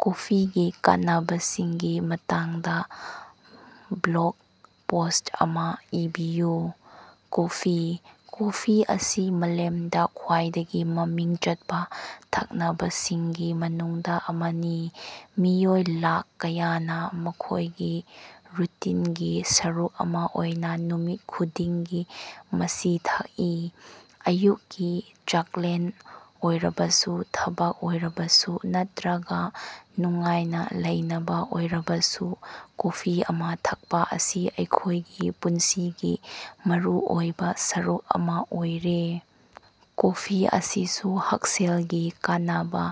ꯀꯣꯐꯤꯒꯤ ꯀꯥꯟꯅꯕꯁꯤꯡꯒꯤ ꯃꯇꯥꯡꯗ blog post ꯑꯃ ꯏꯕꯤꯌꯨ꯫ ꯀꯣꯐꯤ: ꯀꯣꯐꯤ ꯑꯁꯤ ꯃꯥꯂꯦꯝꯗ ꯈ꯭ꯋꯥꯏꯗꯒꯤ ꯃꯃꯤꯡ ꯆꯠꯄ ꯊꯛꯅꯕꯁꯤꯡꯒꯤ ꯃꯅꯨꯡꯗ ꯑꯃꯅꯤ꯫ ꯃꯤꯑꯣꯏ ꯂꯥꯈ ꯀꯌꯥꯅ ꯃꯈꯣꯏꯒꯤ ꯔꯨꯇꯤꯟꯒꯤ ꯁꯔꯨꯛ ꯑꯃ ꯑꯣꯏꯅ ꯅꯨꯃꯤꯠ ꯈꯨꯗꯤꯡꯒꯤ ꯃꯁꯤ ꯊꯛꯏ꯫ ꯑꯌꯨꯛꯀꯤ ꯆꯥꯛꯂꯦꯟ ꯑꯣꯏꯔꯕꯁꯨ, ꯊꯕꯛ ꯑꯣꯏꯔꯕꯁꯨ ꯅꯠꯇ꯭ꯔꯒ ꯅꯨꯡꯉꯥꯏꯅ ꯂꯩꯅꯕ ꯑꯣꯏꯔꯕꯁꯨ, ꯀꯣꯐꯤ ꯑꯃ ꯊꯛꯄ ꯑꯁꯤ ꯑꯩꯈꯣꯏꯒꯤ ꯄꯨꯟꯁꯤꯒꯤ ꯃꯔꯨꯑꯣꯏꯕ ꯁꯔꯨꯛ ꯑꯃ ꯑꯣꯏꯔꯦ꯫ ꯀꯣꯐꯤ ꯑꯁꯤꯁꯨ ꯍꯛꯁꯦꯜꯒꯤ ꯀꯥꯟꯅꯕ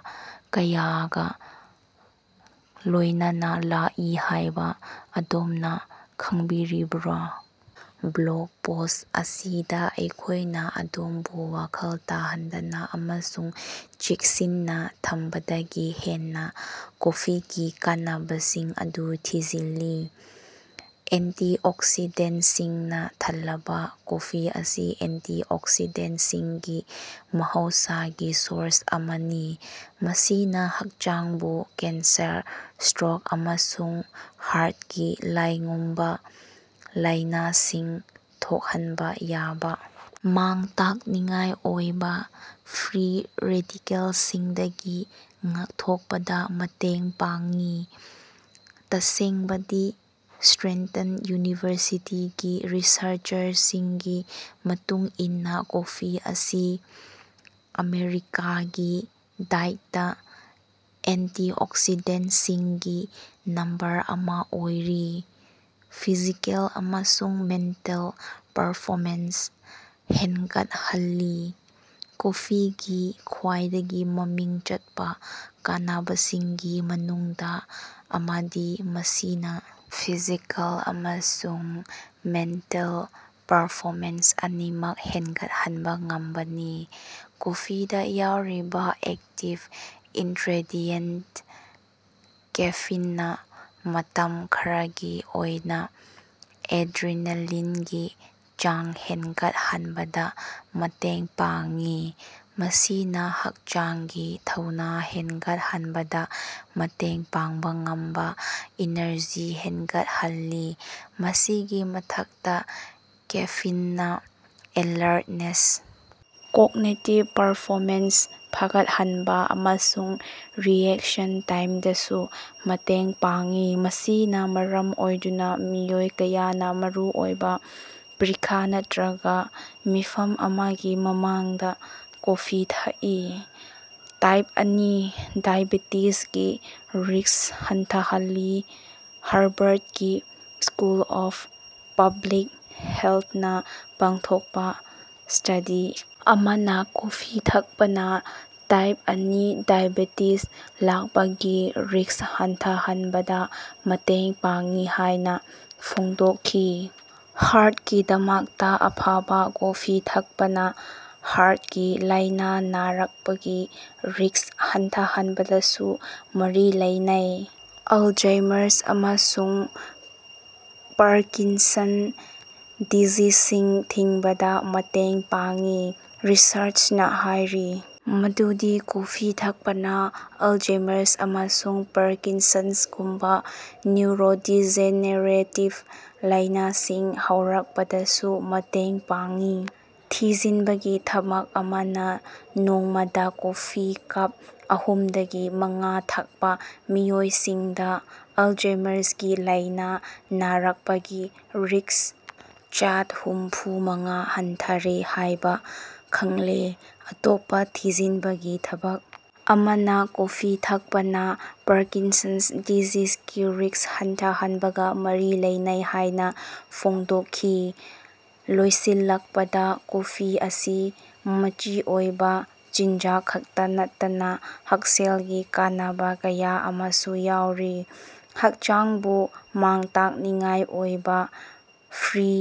ꯀꯌꯥꯒ ꯂꯣꯏꯅꯅ ꯂꯥꯛꯏ ꯍꯥꯏꯕ ꯑꯗꯣꯝꯅ ꯈꯪꯕꯤꯔꯤꯕ꯭ꯔꯥ? ꯕ꯭ꯂꯣꯒ ꯄꯣꯁ꯭ꯠ ꯑꯁꯤꯗ ꯑꯩꯈꯣꯏꯅ ꯑꯗꯣꯝꯕꯨ ꯋꯥꯈꯜ ꯇꯥꯍꯟꯗꯅ ꯑꯃꯁꯨꯡ ꯆꯦꯛꯁꯤꯟꯅ ꯊꯝꯕꯗꯒꯤ ꯍꯦꯟꯅ ꯀꯣꯐꯤꯒꯤ ꯀꯥꯟꯅꯕꯁꯤꯡ ꯑꯗꯨ ꯊꯤꯖꯤꯜꯂꯤ꯫ ꯑꯦꯟꯇꯤꯑꯣꯛꯁꯤꯗꯦꯟꯇꯁꯤꯡꯅ ꯊꯜꯂꯕ ꯀꯣꯐꯤ ꯑꯁꯤ ꯑꯦꯟꯇꯤꯑꯣꯛꯁꯤꯗꯦꯟꯇꯁꯤꯡꯒꯤ ꯃꯍꯧꯁꯥꯒꯤ ꯁꯣꯔꯁ ꯑꯃꯅꯤ꯫ ꯃꯁꯤꯅ ꯍꯛꯆꯥꯡꯕꯨ ꯀꯦꯟꯁꯔ, ꯁ꯭ꯇꯔꯣꯛ ꯑꯃꯁꯨꯡ ꯍꯥꯔꯠꯀꯤ ꯂꯥꯏꯉꯨꯝꯕ ꯂꯥꯏꯅꯁꯤꯡ ꯊꯣꯛꯍꯟꯕ ꯌꯥꯕ ꯃꯥꯡ-ꯇꯥꯛꯅꯤꯡꯉꯥꯏ ꯑꯣꯏꯕ ꯐ꯭ꯔꯤ ꯔꯦꯗꯤꯀꯦꯜꯁꯤꯡꯗꯒꯤ ꯉꯥꯛꯊꯣꯛꯄꯗ ꯃꯇꯦꯡ ꯄꯥꯡꯉꯤ꯫ ꯇꯁꯦꯡꯕꯗꯤ ꯁ꯭ꯇꯔꯦꯟꯇꯟ ꯌꯨꯅꯤꯚꯔꯁꯤꯇꯤꯒꯤ ꯔꯤꯁꯔꯆꯔꯁꯤꯡꯒꯤ ꯃꯇꯨꯡ ꯏꯟꯅ ꯀꯣꯐꯤ ꯑꯁꯤ ꯑꯃꯦꯔꯤꯀꯥꯒꯤ ꯗꯥꯏꯠꯇ ꯑꯦꯟꯇꯤꯑꯣꯛꯁꯤꯗꯦꯟꯇꯁꯤꯡꯒꯤ ꯅꯝꯕꯔ ꯑꯃ ꯑꯣꯏꯔꯤ꯫ ꯐꯤꯖꯤꯀꯦꯜ ꯑꯃꯁꯨꯡ ꯃꯦꯟꯇꯜ ꯄꯔꯐꯣꯃꯦꯟꯁ ꯍꯦꯟꯒꯠꯍꯜꯂꯤ꯫ꯀꯣꯐꯤꯒꯤ ꯈ꯭ꯋꯥꯏꯗꯒꯤ ꯃꯃꯤꯡ ꯆꯠꯄ ꯀꯥꯟꯅꯕꯁꯤꯡꯒꯤ ꯃꯅꯨꯡꯗ ꯑꯃꯗꯤ ꯃꯁꯤꯅ ꯐꯤꯖꯤꯀꯦꯜ ꯑꯃꯁꯨꯡ ꯃꯦꯟꯇꯜ ꯄꯔꯐꯣꯃꯦꯟꯁ ꯑꯅꯤꯃꯛ ꯍꯦꯟꯒꯠꯍꯟꯕ ꯉꯝꯕꯅꯤ꯫ ꯀꯣꯐꯤꯗ ꯌꯥꯎꯔꯤꯕ ꯑꯦꯛꯇꯤꯚ ꯏꯟꯒ꯭ꯔꯦꯗꯤꯌꯦꯟꯇ ꯀꯦꯐꯤꯟꯅ ꯃꯇꯝ ꯈꯔꯒꯤ ꯑꯣꯏꯅ ꯑꯦꯗ꯭ꯔꯤꯅꯦꯂꯤꯟꯒꯤ ꯆꯥꯡ ꯍꯦꯟꯒꯠꯍꯟꯕꯗ ꯃꯇꯦꯡ ꯄꯥꯡꯉꯤ꯫ ꯃꯁꯤꯅ ꯍꯛꯆꯥꯡꯒꯤ ꯊꯧꯅ ꯍꯦꯟꯒꯠꯍꯟꯕꯗ ꯃꯇꯦꯡ ꯄꯥꯡꯕ ꯉꯝꯕ ꯏꯅꯔꯖꯤ ꯍꯦꯟꯒꯠꯍꯜꯂꯤ꯫ ꯃꯁꯤꯒꯤ ꯃꯊꯛꯇ ꯀꯦꯐꯤꯟꯅ ꯑꯦꯂꯔꯠꯅꯦꯁ, ꯀꯣꯒꯅꯤꯇꯤꯚ ꯄꯔꯐꯣꯃꯦꯟꯁ ꯐꯒꯠꯍꯟꯕ ꯑꯃꯁꯨꯡ ꯔꯤꯑꯦꯛꯁꯟ ꯇꯥꯏꯝꯗꯁꯨ ꯃꯇꯦꯡ ꯄꯥꯡꯉꯤ꯫ ꯃꯁꯤꯅ ꯃꯔꯝ ꯑꯣꯏꯗꯨꯅ ꯃꯤꯑꯣꯏ ꯀꯌꯥꯅ ꯃꯔꯨꯑꯣꯏꯕ ꯄꯔꯤꯈ ꯅꯠꯇ꯭ꯔꯒ ꯃꯤꯐꯝ ꯑꯃꯒꯤ ꯃꯃꯥꯡꯗ ꯀꯣꯐꯤ ꯊꯛꯏ꯫ ꯇꯥꯏꯞ ꯑꯅꯤ- ꯗꯥꯏꯑꯦꯕꯦꯇꯤꯖꯒꯤ ꯔꯤꯁ꯭ꯛ ꯍꯟꯊꯍꯜꯂꯤ ꯍꯔꯕꯔꯗꯀꯤ ꯁ꯭ꯀꯨꯜ ꯑꯣꯐ ꯄꯕ꯭ꯂꯤꯛ ꯍꯦꯜꯊꯅ ꯄꯥꯡꯊꯣꯛꯄ ꯁ꯭ꯇꯗꯤ ꯑꯃꯅ ꯀꯣꯐꯤ ꯊꯛꯄꯅ ꯇꯥꯏꯞ ꯑꯅꯤ ꯗꯥꯏꯑꯦꯕꯦꯇꯤꯖ ꯂꯥꯛꯄꯒꯤ ꯔꯤꯁ꯭ꯛ ꯍꯟꯊꯍꯟꯕꯗ ꯃꯇꯦꯡ ꯄꯥꯡꯉꯤ ꯍꯥꯏꯅ ꯐꯣꯡꯗꯣꯛꯈꯤ꯫ ꯍꯥꯔꯠꯀꯤꯗꯃꯛꯇ ꯑꯐꯕ ꯀꯣꯐꯤ ꯊꯛꯄꯅ ꯍꯥꯔꯠꯀꯤ ꯂꯥꯏꯅꯥ ꯅꯥꯔꯛꯄꯒꯤ ꯔꯤꯁ꯭ꯛ ꯍꯟꯊꯍꯟꯕꯗꯁꯨ ꯃꯔꯤ ꯂꯩꯅꯩ꯫ ꯑꯜꯖꯩꯃꯔꯁ ꯑꯃꯁꯨꯡ ꯄꯥꯔꯀꯤꯟꯁꯟꯁ ꯗꯤꯖꯤꯖꯁꯤꯡ ꯊꯤꯡꯕꯗ ꯃꯇꯦꯡ ꯄꯥꯡꯉꯤ ꯔꯤꯁꯔꯆꯅ ꯍꯥꯏꯔꯤ ꯃꯗꯨꯗꯤ ꯀꯣꯐꯤ ꯊꯛꯄꯅ ꯑꯜꯖꯩꯃꯔꯁ ꯑꯃꯁꯨꯡ ꯄꯥꯔꯀꯤꯟꯁꯟꯁꯒꯨꯝꯕ ꯅ꯭ꯌꯨꯔꯣꯗꯤꯖꯦꯅꯦꯔꯦꯇꯤꯚ ꯂꯥꯏꯅꯥꯁꯤꯡ ꯍꯧꯔꯛꯄꯗꯁꯨ ꯃꯇꯦꯡ ꯄꯥꯡꯉꯤ꯫ ꯊꯤꯖꯤꯟꯕꯒꯤ ꯊꯕꯛ ꯑꯃꯅ ꯅꯣꯡꯃꯗ ꯀꯣꯐꯤ ꯀꯞ ꯑꯍꯨꯝꯗꯒꯤ ꯃꯉꯥ ꯊꯛꯄ ꯃꯤꯑꯣꯏꯁꯤꯡꯗ ꯑꯜꯖꯩꯃꯔꯁꯀꯤ ꯂꯥꯏꯅꯥ ꯅꯥꯔꯛꯄꯒꯤ ꯔꯤꯁ꯭ꯛ ꯆꯥꯗ ꯍꯨꯝꯐꯨꯃꯉꯥ ꯍꯟꯊꯔꯦ ꯍꯥꯏꯕ ꯈꯪꯂꯦ꯫ ꯑꯇꯣꯞꯄ ꯊꯤꯖꯤꯟꯕꯒꯤ ꯊꯕꯛ ꯑꯃꯅ ꯀꯣꯐꯤ ꯊꯛꯄꯅ ꯄꯥꯔꯀꯤꯟꯁꯟꯁ ꯗꯤꯖꯤꯖꯀꯤ ꯔꯤꯁ꯭ꯛ ꯍꯟꯊꯍꯟꯕꯒ ꯃꯔꯤ ꯂꯩꯅꯩ ꯍꯥꯏꯅ ꯐꯣꯡꯗꯣꯛꯈꯤ꯫ ꯂꯣꯏꯁꯤꯜꯂꯛꯄꯗ, ꯀꯣꯐꯤ ꯑꯁꯤ ꯃꯆꯤ ꯑꯣꯏꯕ ꯆꯤꯟꯖꯥꯛ ꯈꯛꯇ ꯅꯠꯇꯅ ꯍꯛꯁꯦꯜꯒꯤ ꯀꯥꯟꯅꯕ ꯀꯌꯥ ꯑꯃꯁꯨ ꯌꯥꯎꯔꯤ꯫ ꯍꯛꯆꯥꯡꯕꯨ ꯃꯥꯡ-ꯇꯥꯛꯅꯤꯡꯉꯥꯏ ꯑꯣꯏꯕ ꯐ꯭ꯔꯤ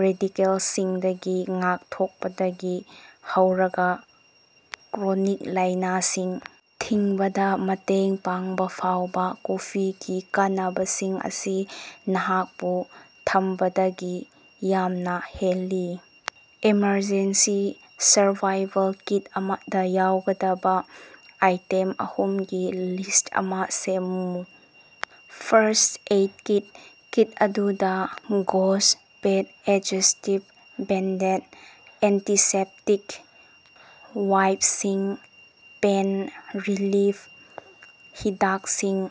ꯔꯦꯗꯤꯀꯦꯜꯁꯤꯡꯗꯒꯤ ꯉꯥꯛꯊꯣꯛꯄꯗꯒꯤ ꯍꯧꯔꯒ ꯀ꯭ꯔꯣꯅꯤꯛ ꯂꯥꯏꯅꯁꯤꯡ ꯊꯤꯡꯕꯗ ꯃꯇꯦꯡ ꯄꯥꯡꯕꯐꯥꯎꯕ ꯀꯣꯐꯤꯒꯤ ꯀꯥꯟꯅꯕꯁꯤꯡ ꯑꯁꯤ ꯅꯍꯥꯛꯄꯨ ꯊꯝꯕꯗꯒꯤ ꯌꯥꯝꯅ ꯍꯦꯜꯂꯤ꯫ ꯑꯦꯃꯔꯖꯦꯟꯁꯤ ꯁꯔꯚꯥꯏꯚꯜ ꯀꯤꯠ ꯑꯃꯗ ꯌꯥꯎꯒꯗꯕ ꯑꯥꯏꯇꯦꯝ ꯑꯍꯨꯝꯒꯤ ꯂꯤꯁ꯭ꯠ ꯑꯃ ꯁꯦꯝꯃꯨ꯫ꯐꯥꯔꯁꯠ ꯑꯦꯏꯗ ꯀꯤꯠ: ꯀꯤꯠ ꯑꯗꯨꯗ gauze, pad, adhesive bandage, antiseptic ꯋꯥꯏꯞꯁꯤꯡ, ꯄꯦꯟ ꯔꯤꯂꯤꯐ ꯍꯤꯗꯥꯛꯁꯤꯡ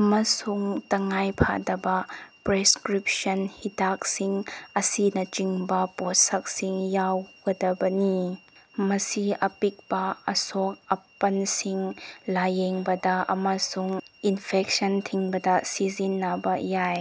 ꯑꯃꯁꯨꯡ ꯇꯉꯥꯏꯐꯗꯕ ꯄ꯭ꯔꯦꯁꯀ꯭ꯔꯤꯞꯁꯟ ꯍꯤꯗꯥꯛꯁꯤꯡ ꯑꯁꯤꯅꯆꯤꯡꯕ ꯄꯣꯠꯁꯛꯁꯤꯡ ꯌꯥꯎꯒꯗꯕꯅꯤ꯫ ꯃꯁꯤ ꯑꯄꯤꯛꯄ ꯑꯁꯣꯛ-ꯑꯄꯟꯁꯤꯡ ꯂꯥꯏꯌꯦꯡꯕꯗ ꯑꯃꯁꯨꯡ ꯏꯟꯐꯦꯛꯁꯟ ꯊꯤꯡꯕꯗ ꯁꯤꯖꯤꯟꯅꯕ ꯌꯥꯏ꯫